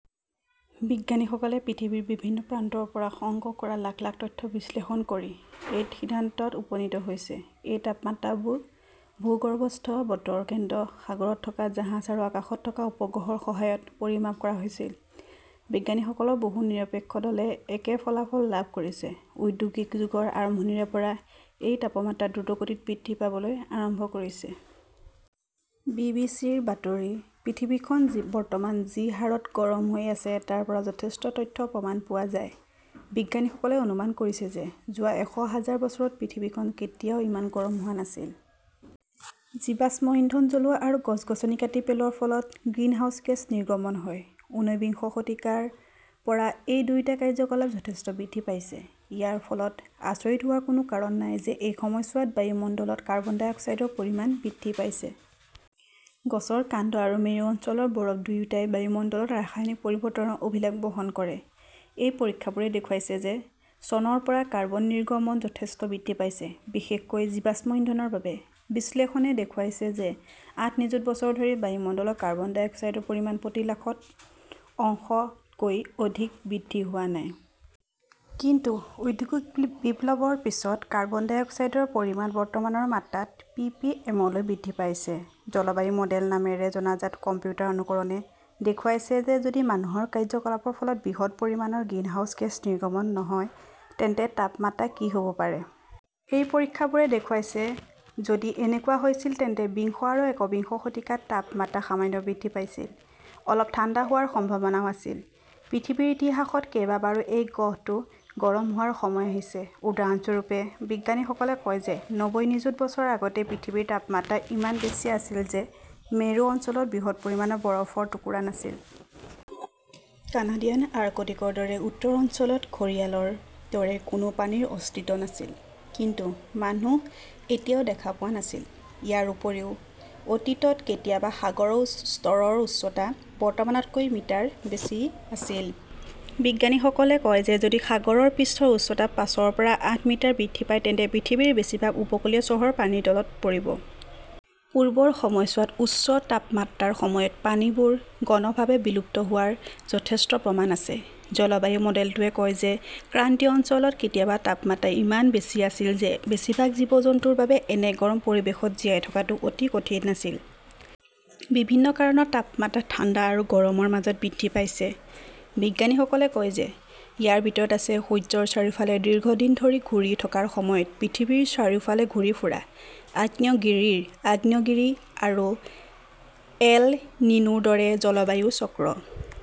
বিজ্ঞানীসকলে পৃথিৱীৰ বিভিন্ন প্ৰান্তৰ পৰা সংগ্ৰহ কৰা লাখ লাখ তথ্য বিশ্লেষণ কৰি এই সিদ্ধান্তত উপনীত হৈছে। এই তাপমাত্ৰাবোৰ ভূগৰ্ভস্থ বতৰ কেন্দ্ৰ, সাগৰত থকা জাহাজ আৰু আকাশত থকা উপগ্ৰহৰ সহায়ত পৰিমাপ কৰা হৈছিল। বিজ্ঞানীসকলৰ বহু নিৰপেক্ষ দলে একে ফলাফল লাভ কৰিছে-ঔদ্যোগিক যুগৰ আৰম্ভণিৰে পৰা এই তাপমাত্ৰা দ্ৰুতগতিত বৃদ্ধি পাবলৈ আৰম্ভ কৰিছে। বি. বি. চি. ৰ বাতৰি। পৃথিৱীখন বৰ্তমান যি হাৰত গৰম হৈ আছে তাৰ পৰা যথেষ্ট তথ্য প্ৰমাণ পোৱা যায়। বিজ্ঞানীসকলে অনুমান কৰিছে যে যোৱা এশ হাজাৰ বছৰত পৃথিৱীখন কেতিয়াও ইমান গৰম হোৱা নাছিল। জীৱাশ্ম ইন্ধন জ্বলোৱা আৰু গছ-গছনি কাটি পেলোৱাৰ ফলত গ্ৰিনহাউজ গেছ নিৰ্গমন হয়। ঊনবিংশ শতিকাৰ পৰা এই দুয়োটা কাৰ্যকলাপ যথেষ্ট বৃদ্ধি পাইছে। ইয়াৰ ফলত আচৰিত হোৱাৰ কোনো কাৰণ নাই যে এই সময়ছোৱাত বায়ুমণ্ডলত কাৰ্বন ডাই অক্সাইডৰ পৰিমাণ বৃদ্ধি পাইছে। গছৰ কাণ্ড আৰু মেৰু অঞ্চলৰ বৰফ-দুয়োটাই বায়ুমণ্ডলত ৰাসায়নিক পৰিৱৰ্তনৰ অভিলেখ বহন কৰে। এই পৰীক্ষাবোৰে দেখুৱাইছে যে চনৰ পৰা কাৰ্বন নিৰ্গমন যথেষ্ট বৃদ্ধি পাইছে, বিশেষকৈ জীৱাশ্ম ইন্ধনৰ বাবে। বিশ্লেষণে দেখুৱাইছে যে আঠ নিযুত বছৰ ধৰি বায়ুমণ্ডলত কাৰ্বন ডাই অক্সাইডৰ পৰিমাণ প্ৰতি লাখত অংশ তকৈ অধিক বৃদ্ধি হোৱা নাই। কিন্তু ঔদ্যোগিক বিপ্লৱৰ পিছত কাৰ্বন ডাই অক্সাইডৰ পৰিমাণ বৰ্তমানৰ মাত্ৰাত পিপিএমলৈ বৃদ্ধি পাইছে। জলবায়ু মডেল নামেৰে জনাজাত কম্পিউটাৰ অনুকৰণে দেখুৱাইছে যে যদি মানুহৰ কাৰ্যকলাপৰ ফলত বৃহৎ পৰিমাণৰ গ্ৰিনহাউজ গেছ নিৰ্গমন নহয় তেন্তে তাপমাত্ৰা কি হ 'ব পাৰে। এই পৰীক্ষাবোৰে দেখুৱাইছে-যদি এনেকুৱা হৈছিল তেন্তে বিংশ আৰু একবিংশ শতিকাত তাপমাত্ৰা সামান্য বৃদ্ধি পাইছিল। অলপ ঠাণ্ডা হোৱাৰ সম্ভাৱনাও আছিল। পৃথিৱীৰ ইতিহাসত কেইবাবাৰো এই গ্ৰহটো গৰম হোৱাৰ সময় আহিছে। উদাহৰণস্বৰূপে, বিজ্ঞানীসকলে কয় যে নব্বৈ নিযুত বছৰ আগতে পৃথিৱীৰ তাপমাত্ৰা ইমান বেছি আছিল যে মেৰু অঞ্চলত বৃহৎ পৰিমাণৰ বৰফৰ টুকুৰা নাছিল। কানাডিয়ান আৰ্কটিকৰ দৰে উত্তৰ অঞ্চলত ঘঁৰিয়ালৰ দৰে কোনো প্ৰাণীৰ অস্তিত্ব নাছিল। কিন্তু মানুহ এতিয়াও দেখা পোৱা নাছিল। ইয়াৰ উপৰিও অতীতত কেতিয়াবা সাগৰৰ স্তৰৰ উচ্চতা বৰ্তমানতকৈ মিটাৰ বেছি আছিল। বিজ্ঞানীসকলে কয় যে যদি সাগৰৰ পৃষ্ঠৰ উচ্চতা পাঁচৰ পৰা আঠ মিটাৰ বৃদ্ধি পায় তেন্তে পৃথিৱীৰ বেছিভাগ উপকূলীয় চহৰ পানীৰ তলত পৰিব। পূৰ্বৰ সময়ছোৱাত উচ্চ তাপমাত্ৰাৰ সময়ত প্ৰাণীবোৰ গণভাৱে বিলুপ্ত হোৱাৰ যথেষ্ট প্ৰমাণ আছে। জলবায়ু মডেলটোৱে কয় যে ক্ৰান্তীয় অঞ্চলত কেতিয়াবা তাপমাত্ৰা ইমান বেছি আছিল যে বেছিভাগ জীৱ-জন্তুৰ বাবে এনে গৰম পৰিৱেশত জীয়াই থকাটো অতি কঠিন আছিল। বিভিন্ন কাৰণত তাপমাত্ৰা ঠাণ্ডা আৰু গৰমৰ মাজত বৃদ্ধি পাইছে। বিজ্ঞানীসকলে কয় যে ইয়াৰ ভিতৰত আছে সূৰ্যৰ চাৰিওফালে দীৰ্ঘদিন ধৰি ঘূৰি থকাৰ সময়ত পৃথিৱীৰ চাৰিওফালে ঘূৰি ফুৰা, আগ্নেয়গিৰিৰ আগ্নেয়গিৰি, আৰু এল নিনোৰ দৰে জলবায়ু চক্ৰ।